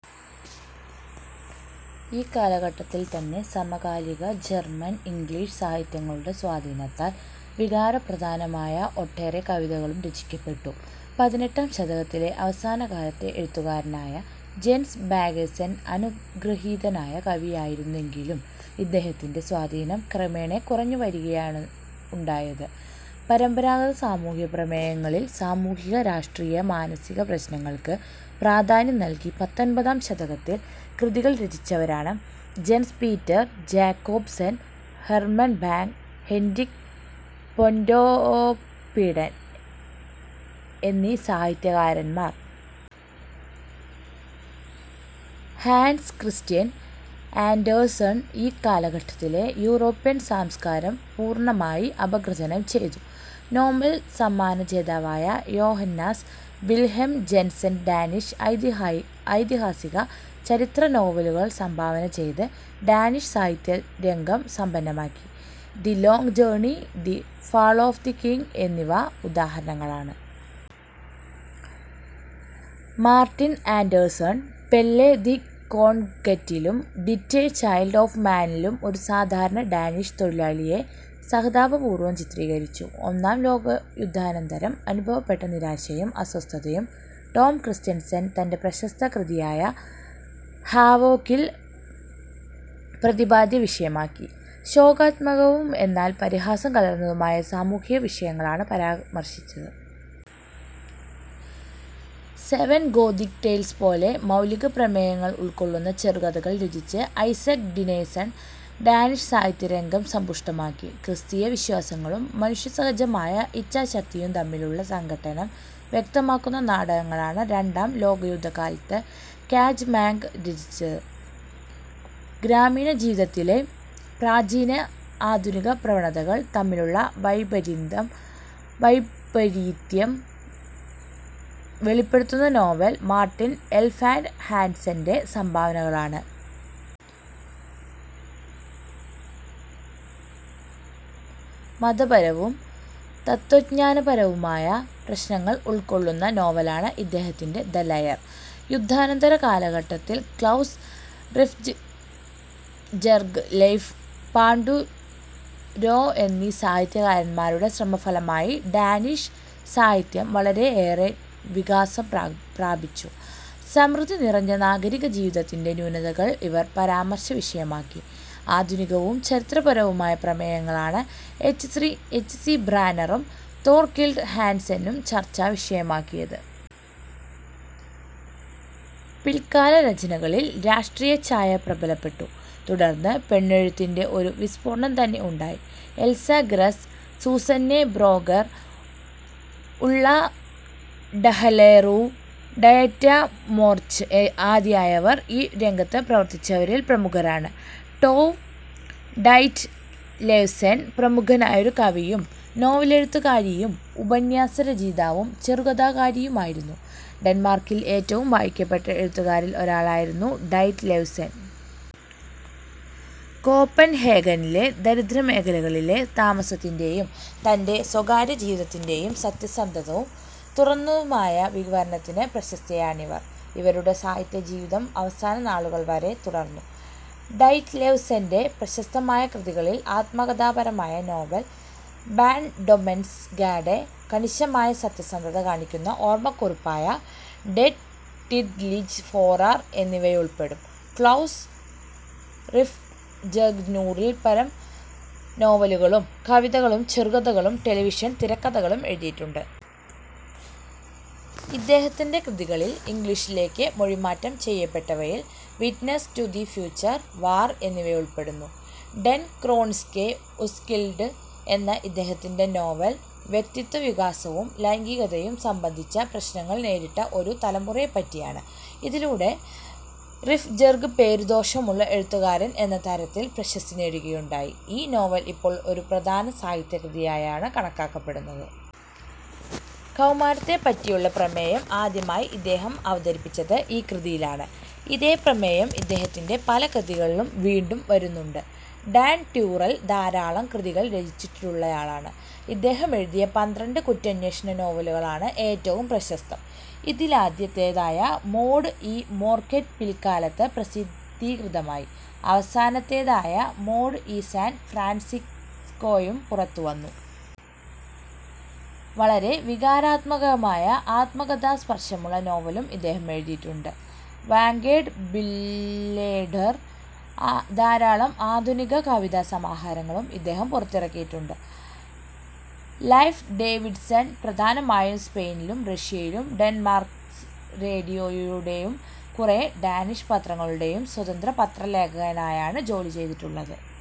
ഈ കാലഘട്ടത്തിൽ തന്നെ സമകാലിക ജർമ്മൻ ഇംഗ്ലീഷ് സാഹിത്യങ്ങളുടെ സ്വാധീനത്താൽ വികാരപ്രധാനമായ ഒട്ടേറെ കവിതകളും രചിക്കപ്പെട്ടു. പതിനെട്ടാം ശതകത്തിലെ അവസാനകാലത്തെ എഴുത്തുകാരനായ ജെൻസ് ബാഗ്ഗേസെൻ അനുഗൃഹീതനായ കവിയായിരുന്നെങ്കിലും ഇദ്ദേഹത്തിൻ്റെ സ്വാധീനം ക്രമേണ കുറഞ്ഞു വരികയാണുണ്ടായത്. പരമ്പരാഗത സാഹിത്യ പ്രമേയങ്ങളിൽ സാമൂഹിക രാഷ്ട്രീയ മാനസിക പ്രശ്നങ്ങൾക്ക് പ്രാധാന്യം നൽകി പത്തൊൻപതാം ശതകത്തിൽ കൃതികൾ രചിച്ചവരാണ് Jens Peter Jacobsen, Herman Bang, Henrik Pontoppidan എന്നീ സാഹിത്യകാരന്മാർ. ഹാൻസ് ക്രിസ്റ്റ്യൻ ആന്ഡേഴ്സൺ ഈ കാലഘട്ടത്തിലെ യൂറോപ്യൻ സാംസ്കാരം പൂർണ്ണമായി അപഗ്രഥനം ചെയ്തു. നോബൽ സമ്മാന ജേതാവായ യൊഹാന്നസ് വിൽഹെം ജെൻസെൻ ഡാനിഷ് ഐതിഹ ഐതിഹാസിക ചരിത്ര നോവലുകൾ സംഭാവന ചെയ്ത് ഡാനിഷ് സാഹിത്യ രംഗം സമ്പന്നമാക്കി. The long journey, the fall of the king എന്നിവ ഉദാഹരണങ്ങളാണ്. മാർട്ടിൻ ആൻഡേഴ്സൺ, പെല്ലെ ദി കോൺകറ്റിലും ഡിറ്റേ ചൈൽഡ് ഓഫ് മാനിലും ഒരു സാധാരണ ഡാനിഷ് തൊഴിലാളിയെ സഹതാപപൂർവ്വം ചിത്രീകരിച്ചു. ഒന്നാം ലോകയുദ്ധാനന്തരം അനുഭവപ്പെട്ട നിരാശയും അസ്വസ്ഥതയും ടോം ക്രിസ്റ്റൻസെൻ തൻ്റെ പ്രശസ്ത കൃതിയായ ഹാവോക്കിൽ പ്രതിപാദ്യ വിഷയമാക്കി. ശോകാത്മകവും എന്നാൽ പരിഹാസം കലർന്നതുമായ സാമൂഹിക വിഷയങ്ങളാണ് പരാമർശിച്ചത്. സെവൻ ഗോഥിക് ടേൽസ് പോലെ മൗലിക പ്രമേയങ്ങൾ ഉൾക്കൊള്ളുന്ന ചെറുകഥകൾ രചിച്ച് ഐസക് ഡിനേസെൻ ഡാനിഷ് സാഹിത്യരംഗം സമ്പുഷ്ടമാക്കി. ക്രിസ്തീയ വിശ്വാസങ്ങളും മനുഷ്യസഹജമായ ഇച്ഛാശക്തിയും തമ്മിലുള്ള സംഘട്ടനം വ്യക്തമാക്കുന്ന നാടകങ്ങളാണ് രണ്ടാം ലോകയുദ്ധകാലത്ത് കാജ് മങ്ക് രചിച്ചത്. ഗ്രാമീണ ജീവിതത്തിലെ പ്രാചീന ആധുനിക പ്രവണതകൾ തമ്മിലുള്ള വൈപരിന്ത്യം വൈപരീത്യം വെളിപ്പെടുത്തുന്ന നോവലുകൾ മാർട്ടിൻ എൽഫാൻ്റ് ഹാൻസെൻ്റെ സംഭാവനകളാണ്. മതപരവും തത്ത്വജ്ഞാനപരവുമായ പ്രശ്നങ്ങൾ ഉൾക്കൊള്ളുന്ന നോവലാണ് ഇദ്ദേഹത്തിൻ്റെ ദ ലയർ. യുദ്ധാനന്തര കാലഘട്ടത്തിൽ ക്ലൗസ് റിഫ്ബ്ജെർഗ്, ലെയ്ഫ് പാണ്ടുരോ എന്നീ സാഹിത്യകാരന്മാരുടെ ശ്രമഫലമായി ഡാനിഷ് സാഹിത്യം വളരെയേറെ വികാസം പ്ര പ്രാപിച്ചു. സമൃദ്ധി നിറഞ്ഞ നാഗരിക ജീവിതത്തിൻ്റെ ന്യൂനതകൾ ഇവർ പരാമർശവിഷയമാക്കി. ആധുനികവും ചരിത്രപരവുമായ പ്രമേയങ്ങളാണ് എച്ച് സ്രി എച്ച് സി ബ്രാനറും തോർകിൽഡ് ഹാൻസെനും ചർച്ചാ വിഷയമാക്കിയത്. പിൽക്കാല രചനകളിൽ രാഷ്ട്രീയഛായ പ്രബലപ്പെട്ടു. തുടർന്ന് പെണ്ണെഴുത്തിൻ്റെ ഒരു വിസ്ഫോടനം തന്നെ ഉണ്ടായി. എൽസ ഗ്രസ്, സൂസന്നേ ബ്രോഗർ, ഉള്ള ഡഹലെറൂവ്, ഡയറ്റെ മോർച്ച് ഏ ആദിയായവർ ഈ രംഗത്ത് പ്രവർത്തിച്ചവരിൽ പ്രമുഖരാണ്. ടോവ് ഡൈറ്റ്ലെവ്സെൻ പ്രമുഖനായൊരു കവിയും, നോവലെഴുത്തുകാരിയും, ഉപന്യാസരചയിതാവും ചെറുകഥാകാരിയുമായിരുന്നു. ഡെന്മാർക്കിൽ ഏറ്റവും വായിക്കപ്പെട്ട എഴുത്തുകാരിൽ ഒരാളായിരുന്നു ഡൈറ്റ്ലെവ്സെൻ. കോപ്പൻഹേഗനിലെ ദരിദ്രമേഖലകളിലെ താമസത്തിൻ്റെയും തൻ്റെ സ്വകാര്യജീവിതത്തിൻ്റെയും സത്യസന്ധവും തുറന്നതുമായ വിവരണത്തിന് പ്രശസ്തയാണിവർ. ഇവരുടെ സാഹിത്യജീവിതം അവസാന നാളുകൾ വരെ തുടർന്നു. ഡൈറ്റ്ലെവ്സെൻ്റെ പ്രശസ്തമായ കൃതികളിൽ ആത്മകഥാപരമായ നോവൽ ബാൺഡൊമ്മെൻസ് ഗാഡെ, കണിശമായ സത്യസന്ധതവും കാണിക്കുന്ന ഓർമ്മക്കുറിപ്പായ ഡെറ്റ് ടിഡ്ലിജ് ഫോറാർ എന്നിവയുൾപ്പെടും. ക്ലൗസ് റിഫ്ബ്ജെർഗ് നൂറിൽ പരം നോവലുകളും കവിതകളും ചെറുകഥകളും ടെലിവിഷൻ തിരക്കഥകളും എഴുതിയിട്ടുണ്ട്. ഇദ്ദേഹത്തിൻ്റെ കൃതികളിൽ ഇംഗ്ലീഷിലേക്ക് മൊഴിമാറ്റം ചെയ്യപ്പെട്ടവയിൽ witness to the future, war എന്നിവയുൾപ്പെടുന്നു. "ഡെൻ ക്രോണിസ്കേ ഉസ്കിൽഡ്" എന്ന ഇദ്ദേഹത്തിൻ്റെ നോവൽ വ്യക്തിത്വവികാസവും ലൈംഗികതയും സംബന്ധിച്ച പ്രശ്നങ്ങൾ നേരിട്ട ഒരു തലമുറയെപ്പറ്റിയാണ്. ഇതിലൂടെ റിഫ്ബ്ജെർഗ് പേരുദോഷമുള്ള എഴുത്തുകാരൻ എന്ന തരത്തിൽ പ്രശസ്തി നേടുകയുണ്ടായി. ഈ നോവൽ ഇപ്പോൾ ഒരു പ്രധാന സാഹിത്യകൃതിയായാണ് കണക്കാക്കപ്പെടുന്നത്. കൗമാരത്തെപ്പറ്റിയുള്ള പ്രമേയം ആദ്യമായി ഇദ്ദേഹം അവതരിപ്പിച്ചത് ഈ കൃതിയിലാണ്. ഇതേ പ്രമേയം ഇദ്ദേഹത്തിൻ്റെ പല കൃതികളിലും വീണ്ടും വരുന്നുണ്ട്. ഡാൻ ട്യൂറൽ ധാരാളം കൃതികൾ രചിച്ചിട്ടുള്ളയാളാണ്. ഇദ്ദേഹമെഴുതിയ പന്ത്രണ്ട് കുറ്റാന്വേഷണ നോവലുകളാണ് ഏറ്റവും പ്രശസ്തം. ഇതിലാദ്യത്തേതായ മോർഡ് ഇ മോർകെറ്റ് പിൽക്കാലത്ത് പ്രസിദ്ധീകൃതമായി. അവസാനത്തേതായ മോർഡ് ഇ സാൻ ഫ്രാൻസിസ്കോയും പുറത്തുവന്നു. വളരെ വികാരാത്മകമായ ആത്മകഥാസ്പർശമുള്ള നോവലും ഇദ്ദേഹം എഴുതിയിട്ടുണ്ട്, വാങ്കേഡ് ബില്ലേഡെർ. ധാരാളം ആധുനിക കവിതാസമാഹാരങ്ങളും ഇദ്ദേഹം പുറത്തിറക്കിയിട്ടുണ്ട്. ലൈഫ് ഡേവിഡ്സൻ പ്രധാനമായും സ്പെയിനിലും റഷ്യയിലും ഡെന്മാർക്ക്സ് റേഡിയോയുടെയും കുറേ ഡാനിഷ് പത്രങ്ങളുടേയും സ്വതന്ത്ര പത്രലേഖകനായാണ് ജോലി ചെയ്തിട്ടുള്ളത്.